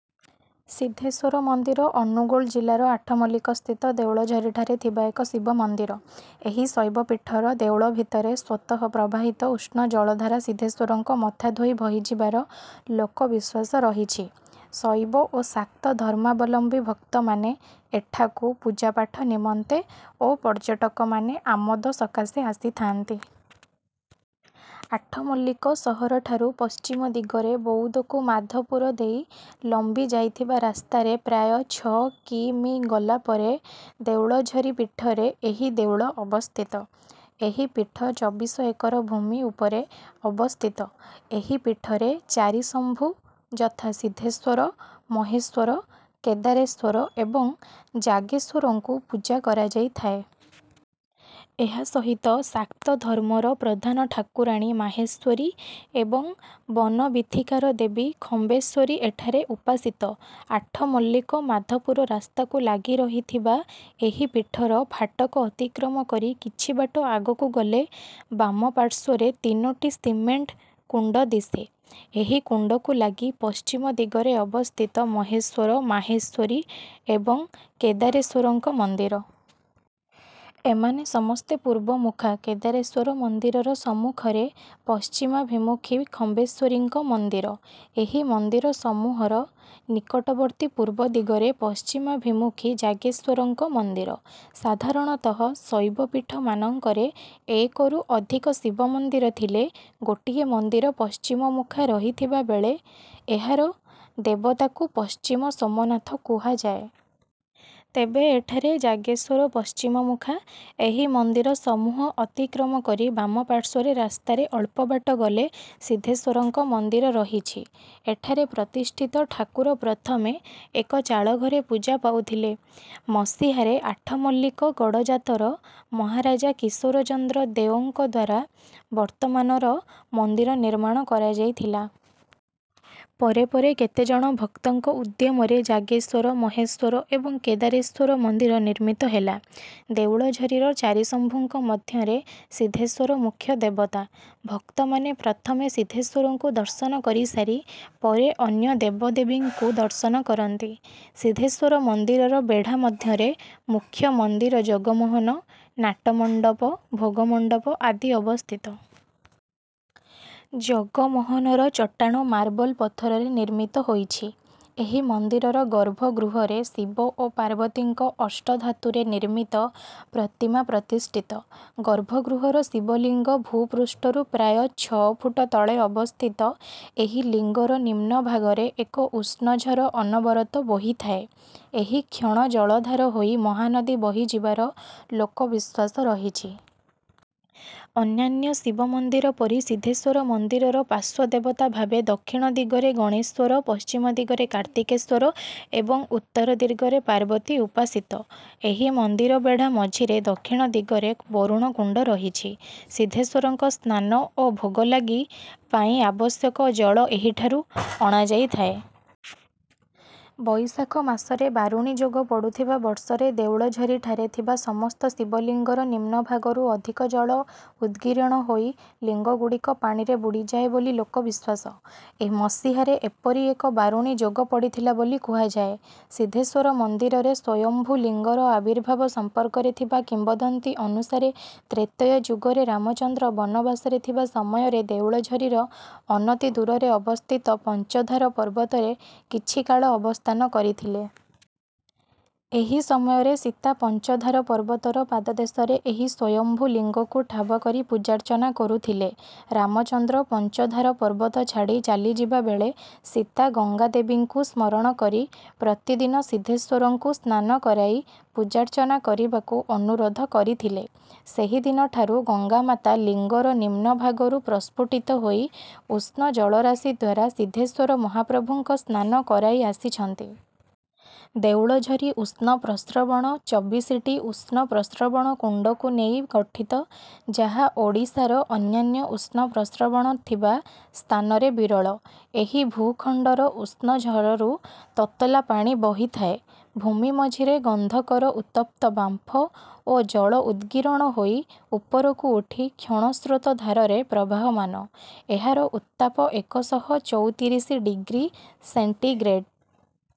ସିଦ୍ଧେଶ୍ୱର ମନ୍ଦିର ଅନୁଗୋଳ ଜିଲ୍ଲାର ଆଠମଲ୍ଲିକସ୍ଥିତ ଦେଉଳଝରିଠାରେ ଥିବା ଏକ ଶିବ ମନ୍ଦିର। ଏହି ଶୈବପୀଠର ଦେଉଳ ଭିତରେ ସ୍ୱତଃ ପ୍ରବାହିତ ଉଷ୍ଣ ଜଳଧାରା ସିଦ୍ଧେଶ୍ୱରଙ୍କ ମଥା ଧୋଇ ବହିଯିବାର ଲୋକ ବିଶ୍ୱାସ ରହିଛି। ଶୈବ ଓ ଶାକ୍ତ ଧର୍ମାବଲମ୍ବୀ ଭକ୍ତମାନେ ଏଠାକୁ ପୂଜାପାଠ ନିମନ୍ତେ ଓ ପର୍ଯ୍ୟଟକମାନେ ଆମୋଦ ସକାଶେ ଆସିଥାନ୍ତି। ଆଠମଲ୍ଲିକ ସହରଠାରୁ ପଶ୍ଚିମ ଦିଗରେ ବଉଦକୁ ମାଧପୁର ଦେଇ ଲମ୍ବି ଯାଇଥିବା ରାସ୍ତାରେ ପ୍ରାୟ ଛଅ କି. ମି. ଗଲା ପରେ ଦେଉଳଝରି ପୀଠରେ ଏହି ଦେଉଳ ଅବସ୍ଥିତ। ଏହି ପୀଠ ଚବିଶ ଏକର ଭୂମି ଉପରେ ଅବସ୍ଥିତ।। ଏହି ପୀଠରେ ଚାରିଶମ୍ଭୁ ଯଥା ସିଦ୍ଧେଶ୍ୱର, ମହେଶ୍ୱର, କେଦାରେଶ୍ୱର ଏବଂ ଜାଗେଶ୍ୱରଙ୍କୁ ପୂଜା କରାଯାଇଥାଏ। ଏହା ସହିତ ଶାକ୍ତ ଧର୍ମର ପ୍ରଧାନ ଠାକୁରାଣୀ ମାହେଶ୍ୱରୀ ଏବଂ ବନବୀଥିକାର ଦେବୀ ଖମ୍ବେଶ୍ୱରୀ ଏଠାରେ ଉପାସିତ। ଆଠମଲ୍ଲିକ- ମାଧପୁର ରାସ୍ତାକୁ ଲାଗି ରହିଥିବା ଏହି ପୀଠର ଫାଟକ ଅତିକ୍ରମ କରି କିଛିବାଟ ଆଗକୁ ଗଲେ ବାମପାଶ୍ୱର୍ରେ ତିନୋଟି ସିମେଣ୍ଟ କୁଣ୍ଡ ଦିଶେ। ଏହି କୁଣ୍ଡକୁ ଲାଗି ପଶ୍ଚିମ ଦିଗରେ ଅବସ୍ଥିତ ମହେଶ୍ୱର, ମାହେଶ୍ୱରୀ ଏବଂ କେଦାରେଶ୍ୱରଙ୍କ ମନ୍ଦିର। ଏମାନେ ସମସ୍ତେ ପୂର୍ବମୁଖା। କେଦାରେଶ୍ୱର ମନ୍ଦିରର ସମ୍ମୁଖରେ ପଶ୍ଚିମାଭିମୁଖୀ ଖମ୍ବେଶ୍ୱରୀଙ୍କ ମନ୍ଦିର। ଏହି ମନ୍ଦିର ସମୂହର ନିକଟବର୍ତ୍ତୀ ପୂର୍ବଦିଗରେ ପଶ୍ଚିମାଭିମୁଖୀ ଯାଗେଶ୍ୱରଙ୍କ ମନ୍ଦିର। ସାଧାରଣତଃ ଶୈବପୀଠମାନଙ୍କରେ ଏକରୁ ଅଧିକ ଶିବ ମନ୍ଦିର ଥିଲେ ଗୋଟିଏ ମନ୍ଦିର ପଶ୍ଚିମମୁଖା ରହିଥିବା ବେଳେ ଏହାର ଦେବତାକୁ ପଶ୍ଚିମ ସୋମନାଥ କୁହାଯାଏ। ତେବେ ଏଠାରେ ଯାଗେଶ୍ୱର ପଶ୍ଚିମମୁଖା। ଏହି ମନ୍ଦିର ସମୂହ ଅତିକ୍ରମ କରି ବାମ ପାଶ୍ୱର୍ରେ ରାସ୍ତାରେ ଅଳ୍ପବାଟ ଗଲେ ସିଦ୍ଧେଶ୍ୱରଙ୍କ ମନ୍ଦିର ରହିଛି। ଏଠାରେ ପ୍ରତିଷ୍ଠିତ ଠାକୁର ପ୍ରଥମେ ଏକ ଚାଳଘରେ ପୂଜା ପାଉଥିଲେ। ମସିହାରେ ଆଠମଲ୍ଲିକ ଗଡ଼ଜାତର ମହାରାଜା କିଶୋର ଚନ୍ଦ୍ର ଦେଓଙ୍କଦ୍ୱାରା ବର୍ତ୍ତମାନର ମନ୍ଦିର ନିର୍ମାଣ କରାଯାଇଥିଲା। ପରେ ପରେ କେତେଜଣ ଭକ୍ତଙ୍କ ଉଦ୍ୟମରେ ଯାଗେଶ୍ୱର, ମହେଶ୍ୱର ଏବଂ କେଦାରେଶ୍ୱର ମନ୍ଦିର ନିର୍ମିତ ହେଲା। ଦେଉଳଝରିର ଚାରିଶମ୍ଭୁଙ୍କ ମଧ୍ୟରେ ସିଦ୍ଧେଶ୍ୱର ମୁଖ୍ୟ ଦେବତା। ଭକ୍ତମାନେ ପ୍ରଥମେ ସିଦ୍ଧେଶ୍ୱରଙ୍କୁ ଦର୍ଶନ କରିସାରି ପରେ ଅନ୍ୟ ଦେବଦେବୀଙ୍କୁ ଦର୍ଶନ କରନ୍ତି। ସିଦ୍ଧେଶ୍ୱର ମନ୍ଦିରର ବେଢ଼ା ମଧ୍ୟରେ ମୁଖ୍ୟ ମନ୍ଦିର ଜଗମୋହନ, ନାଟ ମଣ୍ଡପ, ଭୋଗ ମଣ୍ଡପ ଆଦି ଅବସ୍ଥିତ। ଜଗମୋହନର ଚଟାଣ ମାର୍ବଲ ପଥରରେ ନିର୍ମିତ ହୋଇଛି। ଏହି ମନ୍ଦିରର ଗର୍ଭଗୃହରେ ଶିବ ଓ ପାର୍ବତୀଙ୍କ ଅଷ୍ଟଧାତୁରେ ନିର୍ମିତ ପ୍ରତିମା ପ୍ରତିଷ୍ଠିତ। ଗର୍ଭଗୃହର ଶିବଲିଙ୍ଗ ଭୂପୃଷ୍ଠରୁ ପ୍ରାୟ ଛଅ ଫୁଟ ତଳେ ଅବସ୍ଥିତ ଏହି ଲିଙ୍ଗର ନିମ୍ନଭାଗରେ ଏକ ଉଷ୍ଣଝର ଅନବରତ ବୋହିଥାଏ। ଏହି କ୍ଷୀଣ ଜଳଧାର ହୋଇ ମହାନଦୀ ବହିଯିବାର ଲୋକବିଶ୍ୱାସ ରହିଛି। ଅନ୍ୟାନ୍ୟ ଶିବ ମନ୍ଦିର ପରି ସିଦ୍ଧେଶ୍ୱର ମନ୍ଦିରର ପାଶ୍ୱଦେବତା ଭାବେ ଦକ୍ଷିଣ ଦିଗରେ ଗଣେଶ୍ୱର, ପଶ୍ଚିମ ଦିଗରେ କାର୍ତ୍ତିକେଶ୍ୱର ଏବଂ ଉତ୍ତର ଦିଗରେ ପାର୍ବତୀ ଉପାସିତ। ଏହି ମନ୍ଦିର ବେଢ଼ା ମଝିରେ ଦକ୍ଷିଣ ଦିଗରେ ବରୁଣ କୁଣ୍ଡ ରହିଛି। ସିଦ୍ଧେଶ୍ୱରଙ୍କ ସ୍ନାନ ଓ ଭୋଗଲାଗି ପାଇଁ ଆବଶ୍ୟକ ଜଳ ଏହିଠାରୁ ଅଣାଯାଇଥାଏ। ବୈଶାଖ ମାସରେ ବାରୁଣୀ ଯୋଗ ପଡୁଥିବା ବର୍ଷରେ ଦେଉଳଝରିଠାରେ ଥିବା ସମସ୍ତ ଶିବଲିଙ୍ଗର ନିମ୍ନ ଭାଗରୁ ଅଧିକ ଜଳ ଉଦ୍ଗୀରଣ ହୋଇ ଲିଙ୍ଗଗୁଡିକ ପାଣିରେ ବୁଡିଯାଏ ବୋଲି ଲୋକ ବିଶ୍ୱାସ। ମସିହାରେ ଏପରି ଏକ ବାରୁଣୀ ଯୋଗ ପଡିଥିଲା ବୋଲି କୁହାଯାଏ। ସିଦ୍ଧେଶ୍ୱର ମନ୍ଦିରରେ ସ୍ୱୟଂମ୍ଭୁ ଲିଙ୍ଗର ଆବିର୍ଭାବ ସମ୍ପର୍କରେ ଥିବା କିମ୍ବଦନ୍ତୀ ଅନୁସାରେ ତ୍ରେତୟା ଯୁଗରେ ରାମଚନ୍ଦ୍ର ବନବାସରେ ଥିବା ସମୟରେ ଦେଉଳଝରିର ଅନତିଦୂରରେ ଅବସ୍ଥିତ ପଞ୍ଚଧାର ପର୍ବତରେ କିଛି କାଳ ଅବସ୍ଥାନ କରିଥିଲେ। ଏହି ସମୟରେ ସୀତା ପଞ୍ଚଧାର ପର୍ବତର ପାଦଦେଶରେ ଏହି ସ୍ୱୟଂମ୍ଭୁ ଲିଙ୍ଗକୁ ଠାବ କରି ପୂଜାର୍ଚ୍ଚନା କରୁଥିଲେ। ରାମଚନ୍ଦ୍ର ପଞ୍ଚଧାର ପର୍ବତ ଛାଡ଼ି ଚାଲିଯିବା ବେଳେ ସୀତା ଗଙ୍ଗାଦେବୀଙ୍କୁ ସ୍ମରଣ କରି ପ୍ରତିଦିନ ସିଦ୍ଧେଶ୍ୱରଙ୍କୁ ସ୍ନାନ କରାଇ ପୂଜାର୍ଚ୍ଚନା କରିବାକୁ ଅନୁରୋଧ କରିଥିଲେ। ସେହିଦିନଠାରୁ ଗଙ୍ଗାମାତା ଲିଙ୍ଗର ନିମ୍ନଭାଗରୁ ପ୍ରସ୍ପୁଟିତ ହୋଇ ଉଷ୍ଣ ଜଳରାଶିଦ୍ୱାରା ସିଦ୍ଧେଶ୍ୱର ମହାପ୍ରଭୁଙ୍କ ସ୍ନାନ କରାଇ ଆସିଛନ୍ତି। ଦେଉଳଝରି ଉଷ୍ଣପ୍ରସ୍ରବଣ ଚବିଶିଟି ଉଷ୍ଣ ପ୍ରସ୍ରବଣ କୁଣ୍ଡଙ୍କୁ ନେଇ ଗଠିତ ଯାହା ଓଡ଼ିଶାର ଅନ୍ୟାନ୍ୟ ଉଷ୍ଣପ୍ରସ୍ରବଣ ଥିବା ସ୍ଥାନରେ ବିରଳ। ଏହି ଭୂଖଣ୍ଡର ଉଷ୍ଣଝରରୁ ତତଲା ପାଣି ବହିଥାଏ। ଭୂମି ମଝିରେ ଗନ୍ଧକର ଉତ୍ତପ୍ତ ବାମ୍ଫ ଓ ଜଳ ଉଦ୍ଗୀରଣ ହୋଇ ଉପରକୁ ଉଠି କ୍ଷୀଣ ସ୍ରୋତ ଧାରରେ ପ୍ରବାହମାନ। ଏହାର ଉତ୍ତାପ ଏକଶହ ଚଉତିରିଶ ଡିଗ୍ରୀ ସେଣ୍ଟିଗ୍ରେଡ୍।